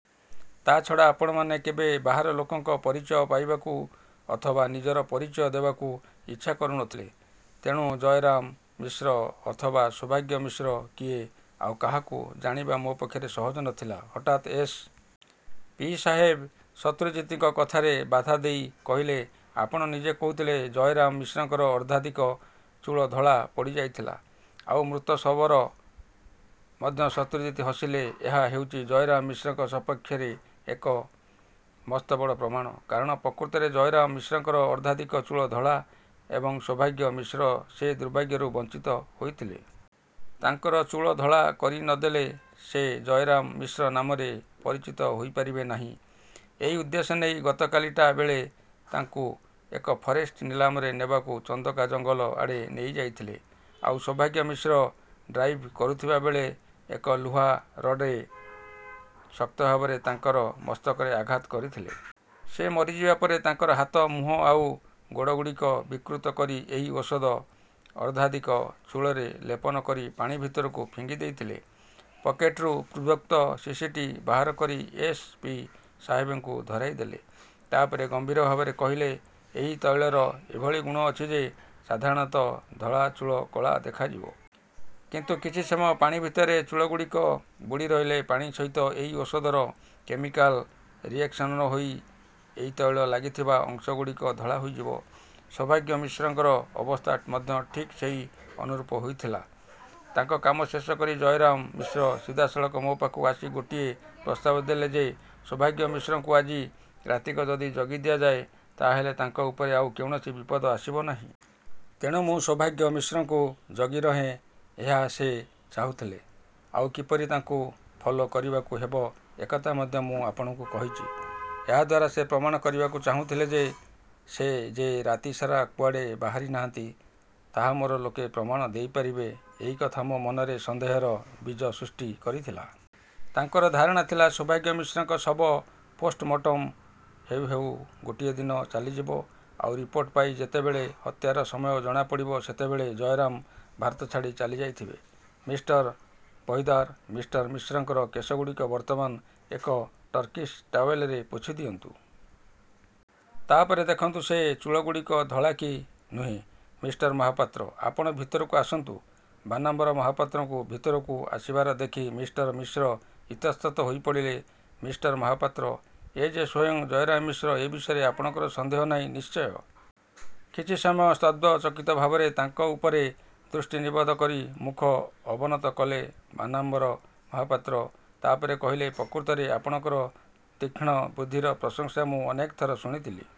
ତା' ଛଡ଼ା ଆପଣମାନେ କେବେ ବାହାର ଲୋକଙ୍କ ପରିଚୟ ପାଇବାକୁ ଅଥବା ନିଜର ପରିଚୟ ଦେବାକୁ ଇଚ୍ଛା କରୁ ନ ଥିଲେ। ତେଣୁ ଜୟରାମ ମିଶ୍ର ଅଥବା ସୌଭାଗ୍ୟ ମିଶ୍ର କିଏ ଆଉ କାହାକୁ ଜାଣିବା ମୋ ପକ୍ଷରେ ସହଜ ନ ଥିଲା। ହଠାତ୍ ଏସ୍. ପି. ସାହେବ ଶତ୍ରୁଜିତ୍ଙ୍କ କଥାରେ ବାଧା ଦେଇ କହିଲେ-ଆପଣ ନିଜେ କହୁଥିଲେ, ଜୟରାମ ମିଶ୍ରଙ୍କର ଅର୍ଦ୍ଧାଧିକ ଚୂଳ ଧଳା ପଡ଼ିଯାଇଥିଲା। ଆଉ ମୃତ ଶବର ମଧ୍ୟ ଶତ୍ରୁଜିତ୍ ହସିଲେ। ଏହା ହେଉଛି ଜୟରାମ ମିଶ୍ରଙ୍କ ସପକ୍ଷରେ ଏକ ମସ୍ତବଡ଼ ପ୍ରମାଣ-। କାରଣ ପ୍ରକୃତରେ ଜୟରାମ ମିଶ୍ରଙ୍କର ଅର୍ଦ୍ଧାଧିକ ଚୁଳ ଧଳା ଏବଂ ସୌଭାଗ୍ୟ ମିଶ୍ର ସେ ଦୁର୍ଭାଗ୍ୟରୁ ବଞ୍ଚିତ ହୋଇଥିଲେ। ତାଙ୍କର ଚୂଳ ଧଳା କରି ନ ଦେଲେ ସେ ଜୟରାମ ମିଶ୍ର ନାମରେ ପରିଚିତ ହୋଇପାରିବେ ନାହିଁ। ଏହି ଉଦ୍ଦେଶ୍ୟ ନେଇ ଗତକାଲି ଟା ବେଳେ ତାଙ୍କୁ ଏକ ଫରେଷ୍ଟ ନିଲାମରେ ନେବାକୁ ଚନ୍ଦକା ଜଙ୍ଗଲ ଆଡ଼େ ନେଇଯାଇଥିଲେ। ଆଉ ସୌଭାଗ୍ୟ ମିଶ୍ର ଡ୍ରାଇଭ୍ କରୁଥିବାବେଳେ ଏକ ଲୁହା ରଡ୍ରେ ଶକ୍ତଭାବରେ ତାଙ୍କର ମସ୍ତକରେ ଆଘାତ କରିଥିଲେ-। ସେ ମରିଯିବା ପରେ ତାଙ୍କର ହାତ, ମୁହଁ ଆଉ ଗୋଡ଼ଗୁଡ଼ିକ ବିକୃତ କରି ଏହି ଔଷଧ ଅର୍ଦ୍ଧାଧିକ ଚୂଳରେ ଲେପନ କରି ପାଣି ଭିତରକୁ ଫିଙ୍ଗିଦେଇଥିଲେ। ପକେଟରୁ ପୂର୍ବୋକ୍ତ ଶିଶିଟି ବାହାର କରି ଏସ୍. ପି. ସାହେବଙ୍କୁ ଧରାଇଦେଲେ। ତା'ପରେ ଗମ୍ଭୀର ଭାବରେ କହିଲେ-ଏହି ତୈଳର ଏଭଳି ଗୁଣ ଅଛି ଯେ ସାଧାରଣତଃ ଧଳା ଚୂଳ କଳା ଦେଖାଯିବ। କିନ୍ତୁ କିଛି ସମୟ ପାଣି ଭିତରେ ଚୂଳଗୁଡ଼ିକ ବୁଡ଼ିରହିଲେ ପାଣି ସହିତ ଏହି ଔଷଧର କେମିକ୍ୟାଲ୍ ରିଏକ୍ସନ୍ହୋଇ ଏଇ ତୈଳ ଲାଗିଥିବା ଅଂଶଗୁଡ଼ିକ ଧଳା ହୋଇଯିବ। ସୌଭାଗ୍ୟ ମିଶ୍ରଙ୍କର ଅବସ୍ଥା ମଧ୍ୟ ଠିକ୍ ସେଇ ଅନୁରୂପ ହୋଇଥିଲା। ତାଙ୍କ କାମ ଶେଷ କରି ଜୟରାମ ମିଶ୍ର ସିଧାସଳଖ ମୋ ପାଖକୁ ଆସି ଗୋଟିଏ ପ୍ରସ୍ତାବ ଦେଲେ ଯେ ସୌଭାଗ୍ୟ ମିଶ୍ରଙ୍କୁ ଆଜି ରାତିକ ଯଦି ଜଗି ଦିଆଯାଏ, ତା'ହେଲେ ତାଙ୍କ ଉପରେ ଆଉ କୌଣସି ବିପଦ ଆସିବ ନାହିଁ। ତେଣୁ ମୁଁ ସୌଭାଗ୍ୟ ମିଶ୍ରଙ୍କୁ ଜଗିରହେଁ ଏହା ସେ ଚାହୁଥିଲେ। ଆଉ କିପରି ତାଙ୍କୁ ଫଲୋ କରିବାକୁ ହେବ ଏକଥା ମଧ୍ୟ ମୁଁ ଆପଣଙ୍କୁ କହିଛି। ଏହାଦ୍ୱାରା ସେ ପ୍ରମାଣ କରିବାକୁ ଚାହୁଁଥିଲେ ଯେ ସେ ଯେ ରାତିସାରା କୁଆଡ଼େ ବାହାରିନାହାନ୍ତି, ତାହା ମୋର ଲୋକେ ପ୍ରମାଣ ଦେଇପାରିବେ ଏଇକଥା ମୋ ମନରେ ସନ୍ଦେହର ବୀଜ ସୃଷ୍ଟି କରିଥିଲା। ତାଙ୍କର ଧାରଣା ଥିଲା ସୌଭାଗ୍ୟ ମିଶ୍ରଙ୍କ ଶବ ପୋଷ୍ଠମୋଟମ ହେଉ ହେଉ ଗୋଟିଏ ଦିନ ଚାଲିଯିବ। ଆଉ ରିପୋର୍ଟ ପାଇ ଯେତେବେଳେ ହତ୍ୟାର ସମୟ ଜଣାପଡ଼ିବ ସେତେବେଳେ ଜୟରାମ ଭାରତ ଛାଡ଼ି ଚାଲିଯାଇଥିବେ। ମିଷ୍ଟର ବହିଦାର! ମିଷ୍ଟର ମିଶ୍ରଙ୍କର କେଶଗୁଡ଼ିକ ବର୍ତ୍ତମାନ ଏକ ଟର୍କିସ ଟାଓ୍ୱେଲରେ ପୋଛିଦିଅନ୍ତୁ। ତା' ପରେ ଦେଖନ୍ତୁ ସେ ଚୂଳଗୁଡ଼ିକ ଧଳା କି ନୁହେଁ। ମିଷ୍ଟର ମହାପାତ୍ର! ଆପଣ ଭିତରକୁ ଆସନ୍ତୁ। ବାନାମ୍ବର ମହାପାତ୍ରଙ୍କୁ ଭିତରକୁ ଆସିବାର ଦେଖି ମିଷ୍ଟର ମିଶ୍ର ଇତସ୍ତତଃ ହୋଇପଡ଼ିଲେ। ମିଷ୍ଟର ମହାପାତ୍ର! ଏ ଯେ ସ୍ୱୟଂ ଜୟରାମ ମିଶ୍ର ଏ ବିଷୟରେ ଆପଣଙ୍କର ସନ୍ଦେହ ନାହିଁ ନିଶ୍ଚୟ? କିଛି ସମୟ ସ୍ତବ୍ଧ ଚକିତ ଭାବରେ ତାଙ୍କ ଉପରେ ଦୃଷ୍ଟି ନିବଦ୍ଧ କରି ମୁଖ ଅବନତ କଲେ ବନାମ୍ବର ମହାପାତ୍ର। ତା'ପରେ କହିଲେ-ପ୍ରକୃତରେ ଆପଣଙ୍କର ତୀକ୍ଷ୍ଣ ବୁଦ୍ଧିର ପ୍ରଶଂସା ମୁଁ ଅନେକଥର ଶୁଣିଥିଲି,